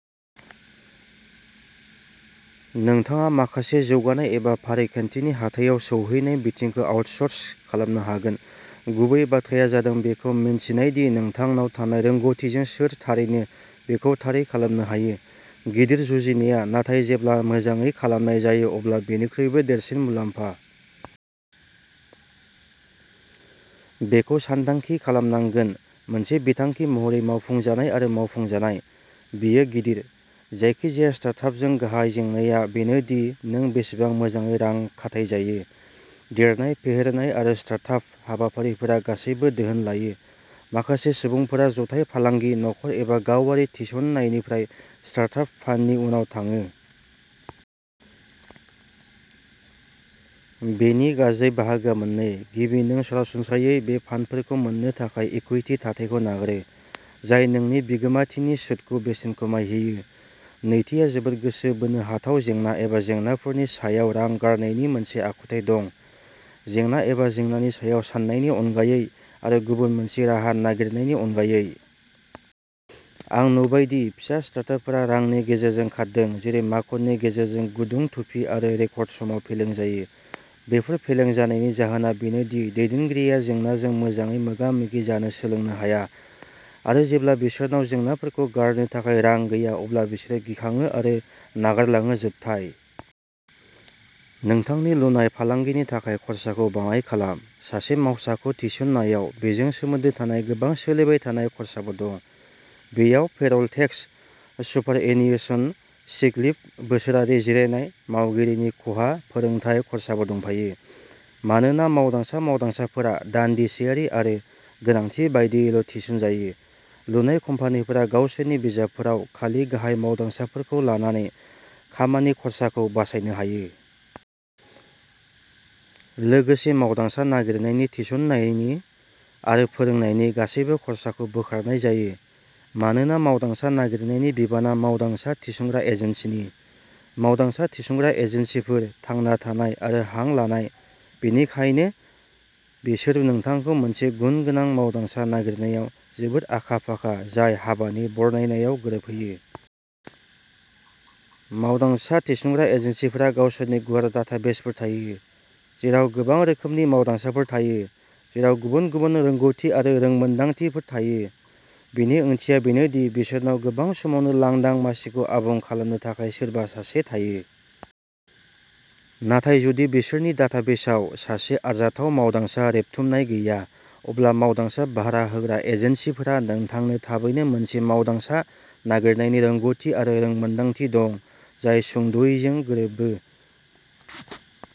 नोंथाङा माखासे जौगानाय एबा फारिखान्थिनि "हाथायाव सौहैनाय" बिथिंखौ आउटसोर्स खालामनो हागोन-गुबै बाथ्राया जादों बेखौ मिन्थिनाय दि नोंथांनाव थानाय रोंग'थिजों सोर थारैनो बेखौ थारै खालामनो हायो। गिदिर जुजिनाया नाथाय जेब्ला मोजाङै खालामनाय जायो अब्ला बयनिख्रुइबो देरसिन मुलाम्फा। बेखौ सानथांखि खालामनांगोन। मोनसे बिथांखि महरै मावफुंजानाय आरो मावफुंजानाय। बेयो गिदिर। जायखिजाया स्टार्ट आपजों गाहाय जेंनाआ बेनो दि नों बेसेबां मोजाङै रां खाथायजायो? देरनाय, फेहेरनाय आरो स्टार्ट आप हाबाफारिफोरा गासैबो धोन लायो। माखासे सुबुंफोरा जथाय फालांगि, नखर एबा गावारि थिसननायनिफ्राय "स्टार्ट आप फान्ड" नि उनाव थाङो। बेनि गाज्रि बाहागोआ मोननै। गिबि, नों सरासनस्रायै बे फान्डफोरखौ मोननो थाखाय इकुइटि थाथायखौ नागारो, जाय नोंनि बिगोमाथिनि सुदखौ बेसेन खमायहोयो। नैथिआ जोबोद गोसो बोनो हाथाव-जेंना एबा जेंनाफोरनि सायाव रां गारनायनि मोनसे आखुथाय दं, जेंना एबा जेंनानि सायाव साननायनि अनगायै आरो गुबुन मोनसे राहा नागिरनायनि अनगायै। आं नुबाय दि फिसा स्टार्ट-आपफोरा रांनि गेजेरजों खारदों जेरै माखननि गेजेरजों गुदुं थुफि आरो रेकर्ड समाव फेलें जायो। बेफोर फेलें जानायनि जाहोना बेनो दि दैदेनगिरिया जेंनाजों मोजाङै मोगा-मोगि जानो सोलोंनो हाया। आरो जेब्ला बिसोरनाव जेंनाफोरखौ गारनो थाखाय रां गैया, अब्ला बिसोरो गिखाङो आरो नागारलाङो-जोबथाय। नोंथांनि लुनाय फालांगिनि थाखाय खर्साखौ बाङाय खालाम। सासे मावसाखौ थिसननायाव बेजों सोमोन्दो थानाय गोबां सोलिबाय थानाय खर्साबो दं। बेयाव payroll tax, superannuation, sick leave, बोसोरारि जिरायनाय, मावगिरिनि खहा, फोरोंथाय खर्साबो दंफायो। मानोना मावदांसा मावदांसाफोरा दानदिसेयारि आरो गोनांथि बादियैल'थिसनजायो, लुनाय कम्पानिफोरा गावसोरनि बिजाबफोराव खालि गाहाय मावदांसाफोरखौ लानानै खामानि खर्साखौ बासायनो हायो। लोगोसे, मावदांसा नागिरनायनि, थिसननायनि आरो फोरोंनायनि गासैबो खर्साखौ बोखारनाय जायो, मानोना मावदांसा नागिरनायनि बिबानआ मावदांसा थिसनग्रा एजेन्सिनि। मावदांसा थिसनग्रा एजेन्सिफोर, थांना थानाय आरो हां लानाय, बेनिखायनो बिसोर नोंथांखौ मोनसे गुनगोनां मावदांसा नागिरनायाव जोबोद आखा-फाखा जाय हाबानि बरनायनायाव गोरोबहोयो। मावदांसा थिसनग्रा एजेन्सिफोरहा गावसोरनि गुवार डाटाबेसफोर थायो, जेराव गोबां रोखोमनि मावदांसाफोर थायो, जेराव गुबुन गुबुन रोंग'थि आरो रोंमोनदांथिफोर थायो। बेनि ओंथिया बेनो दि बिसोरनाव गोबां समावनो लांदां मासिखौ आबुं खालामनो थाखाय सोरबा सासे थायो। नाथाय, जुदि बिसोरनि डाटाबेसाव सासे आरजाथाव मावदांसा रेबथुमनाय गैया, अब्ला मावदांसा भारा होग्रा एजेन्सिफोरहा नोंथांनो थाबैनो मोनसे मावदांसा नागिरनायनि रोंग'थि आरो रोंमोन्दांथि दं, जाय सुंद'यैजों गोरोबो।